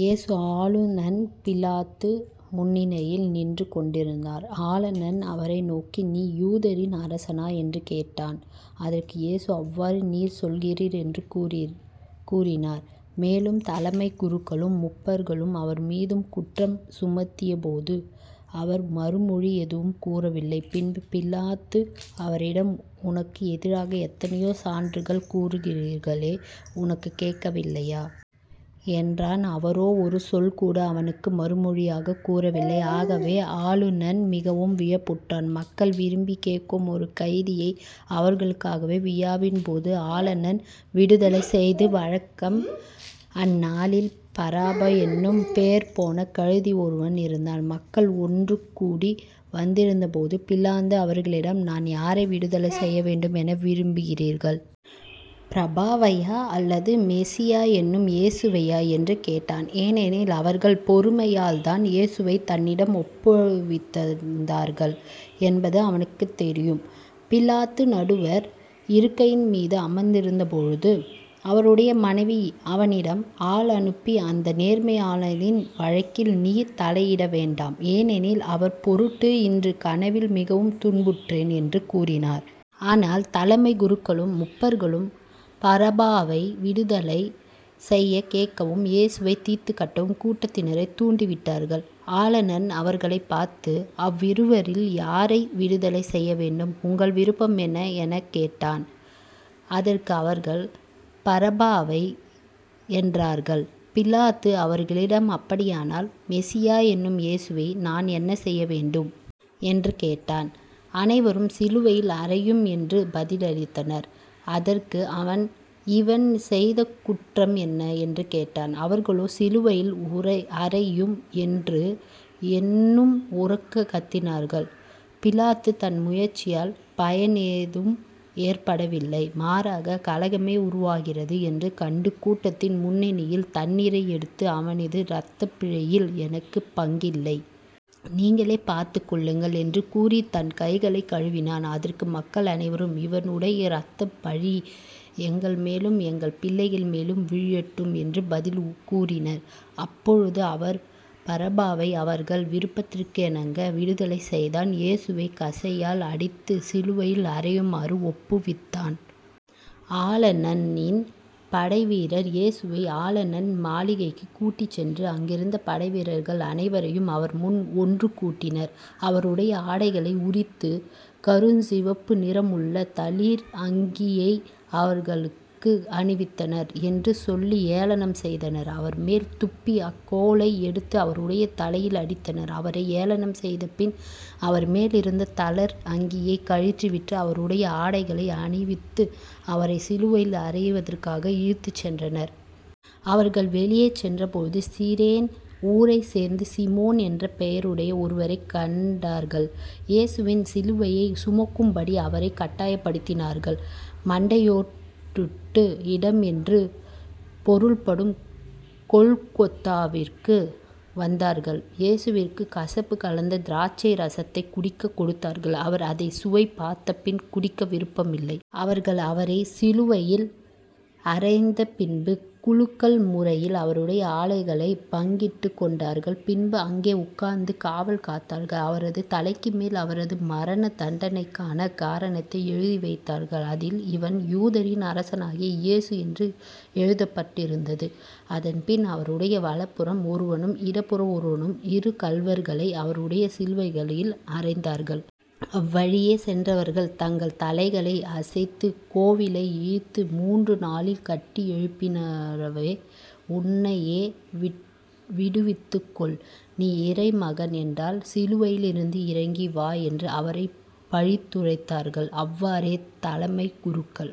இயேசு ஆளுநன் பிலாத்து முன்னிலையில் நின்று கொண்டிருந்தார். ஆளநன் அவரை நோக்கி நீ யூதரின் அரசனா? என்று கேட்டான். அதற்கு இயேசு அவ்வாறு நீர் சொல்கிறீர் என்று கூறினார். மேலும் தலைமைக் குருக்களும் முப்பர்களும் அவர்மீதும் குற்றம் சுமத்தியபோது அவர் மறுமொழி எதுவும் கூறவில்லை. பின்பு பிலாத்து அவரிடம் உனக்கு எதிராக எத்தனையோ சான்றுகள் கூறுகிறார்களே உனக்குக் கேட்கவில்லையா? என்றான். அவரோ ஒரு சொல்கூட அவனுக்கு மறுமொழியாகக் கூறவில்லை. ஆகவே ஆளநன் மிகவும் வியப்புற்றான். மக்கள் விரும்பிக் கேட்கும் ஒரு கைதியை அவர்களுக்காக, விழாவின் போது ஆளநன் விடுதலை செய்வது வழக்கம். அந்நாளில் பரபா என்னும் பேர்போன கைதி ஒருவன் இருந்தான். மக்கள் ஒன்றுகூடி வந்திருந்தபோது பிலாத்து அவர்களிடம் நான் யாரை விடுதலை செய்யவேண்டும் என விரும்புகிறீர்கள்? பரபாவையா? அல்லது மெசியா என்னும் இயேசுவையா? என்று கேட்டான். ஏனெனில் அவர்கள் பொறாமையால்தான் இயேசுவைத் தன்னிடம் ஒப்புவித்திருந்தார்கள் என்பது அவனுக்குத் தெரியும். பிலாத்து நடுவர் இருக்கைமீது அமர்ந்திருந்தபொழுது அவனுடைய மனைவி அவனிடம் ஆளனுப்பி அந்த நேர்மையாளின் வழக்கில் நீர் தலையிட வேண்டாம். ஏனெனில் அவர்பொருட்டு இன்று கனவில் மிகவும் துன்புற்றேன் என்று கூறினார். ஆனால் தலைமைக் குருக்களும் முப்பர்களும் பரபாவை விடுதலை செய்யக் கேட்கவும் இயேசுவைத் தீர்த்துக்கட்டவும் கூட்டத்தினரைத் தூண்டி விட்டார்கள். ஆளநன் அவர்களைப் பார்த்து இவ்விருவில் யாரை விடுதலை செய்யவேண்டும்? உங்கள் விருப்பம் என்ன? எனக் கேட்டான். அதற்கு அவர்கள் பரபாவை என்றார்கள். பிலாத்து அவர்களிடம் அப்படியானால் மெசியா என்னும் இயேசுவை நான் என்ன செய்ய வேண்டும்? என்று கேட்டான். அனைவரும் சிலுவையில் அறையும் என்று பதிலளித்தனர். அதற்கு அவன் இவன் செய்த குற்றம் என்ன? என்று கேட்டான். அவர்களோ சிலுவையில் அறையும் என்று இன்னும் உரக்கக் கத்தினார்கள். பிலாத்து தன் முயற்சியால் பயனேதும் ஏற்படவில்லை. மாறாகக் கலகமே உருவாகிறது என்று கண்டு கூட்டத்தின் முன்னிலையில் தண்ணீரை எடுத்து இவனது இரத்தப்பழியில் எனக்குப் பங்கில்லை. நீங்களே பார்த்துக்கொள்ளுங்கள் என்று கூறித் தன் கைகளைக் கழுவினான். அதற்கு மக்கள் அனைவரும் இவனுடைய இரத்தப்பழி எங்கள்மேலும் எங்கள் பிள்ளைகள் மேலும் விழட்டும் என்று பதில் கூறினர். அப்போது அவர் பரபாவை அவர்கள் விருப்பத்திற்கிணங்க விடுதலை செய்தான் இயேசுவைக் கசையால் அடித்துச் சிலுவையில் அறையுமாறு ஒப்புவித்தான். ஆளநனின் படைவீரர் இயேசுவை ஆளநன் மாளிகைக்குக் கூட்டிச் சென்று அங்கிருந்த படைவீரர்கள் அனைவரையும் அவர்முன் ஒன்று கூட்டினர் அவருடைய ஆடைகளை உரித்து, கருஞ்சிவப்பு நிறமுள்ள தளர் அங்கியை அவருக்கு அணிவித்தனர். என்று சொல்லி ஏளனம் செய்தனர் அவர்மேல் துப்பி அக்கோலை எடுத்து அவருடைய தலையில் அடித்தனர் அவரை ஏளனம் செய்தபின் அவர்மேல் இருந்த தளர் அங்கியைக் கழற்றிவிட்டு அவருடைய ஆடைகளை அணிவித்து அவரைச் சிலுவையில் அறைவதற்காக இழுத்துச் சென்றனர். அவர்கள் வெளியே சென்ற போது சிரேன் ஊரைச் சேர்ந்த சீமோன் என்ற பெயருடைய ஒருவரைக் கண்டார்கள் இயேசுவின் சிலுவையைச் சுமக்கும்படி அவரைக் கட்டாயப்படுத்தினார்கள். மண்டையோட்டு இடம் என்று பொருள்படும் கொல்கொதாவுக்கு வந்தார்கள் இயேசுவுக்குக் கசப்பு கலந்த திராட்சை இரசத்தைக் குடிக்கக் கொடுத்தார்கள். அவர் அதைச் சுவை பார்த்தபின் குடிக்க விரும்பவில்லை. அவர்கள் அவரைச் சிலுவையில் அறைந்த பின்பு குலுக்கல் முறையில் அவருடைய ஆடைகளைப் பங்கிட்டுக்கொண்டார்கள் பின்பு அங்கே உட்கார்ந்து காவல் காத்தார்கள் அவரது தலைக்கு மேல் அவரது மரணதண்டனைக்கான காரணத்தை எழுதி வைத்தார்கள். அதில் இவன் யூதரின் அரசனாகிய இயேசு என்று எழுதப்பட்டிருந்தது. அதன்பின் அவருடைய வலப்புறம் ஒருவனும் இடப்புறம் ஒருவனுமாக இரு கள்வர்களை அவருடன் சிலுவைகளில் அறைந்தார்கள். அவ்வழியே சென்றவர்கள் தங்கள் தலைகளை அசைத்து கோவிலை இடித்து மூன்று நாளில் கட்டி எழுப்புகிறவனே உன்னையே விடுவித்துக்கொள். நீ இறைமகன் என்றால் சிலுவையிலிருந்து இறங்கி வா என்று அவரைப் பழித்துரைத்தார்கள். அவ்வாறே தலைமைக் குருக்கள்,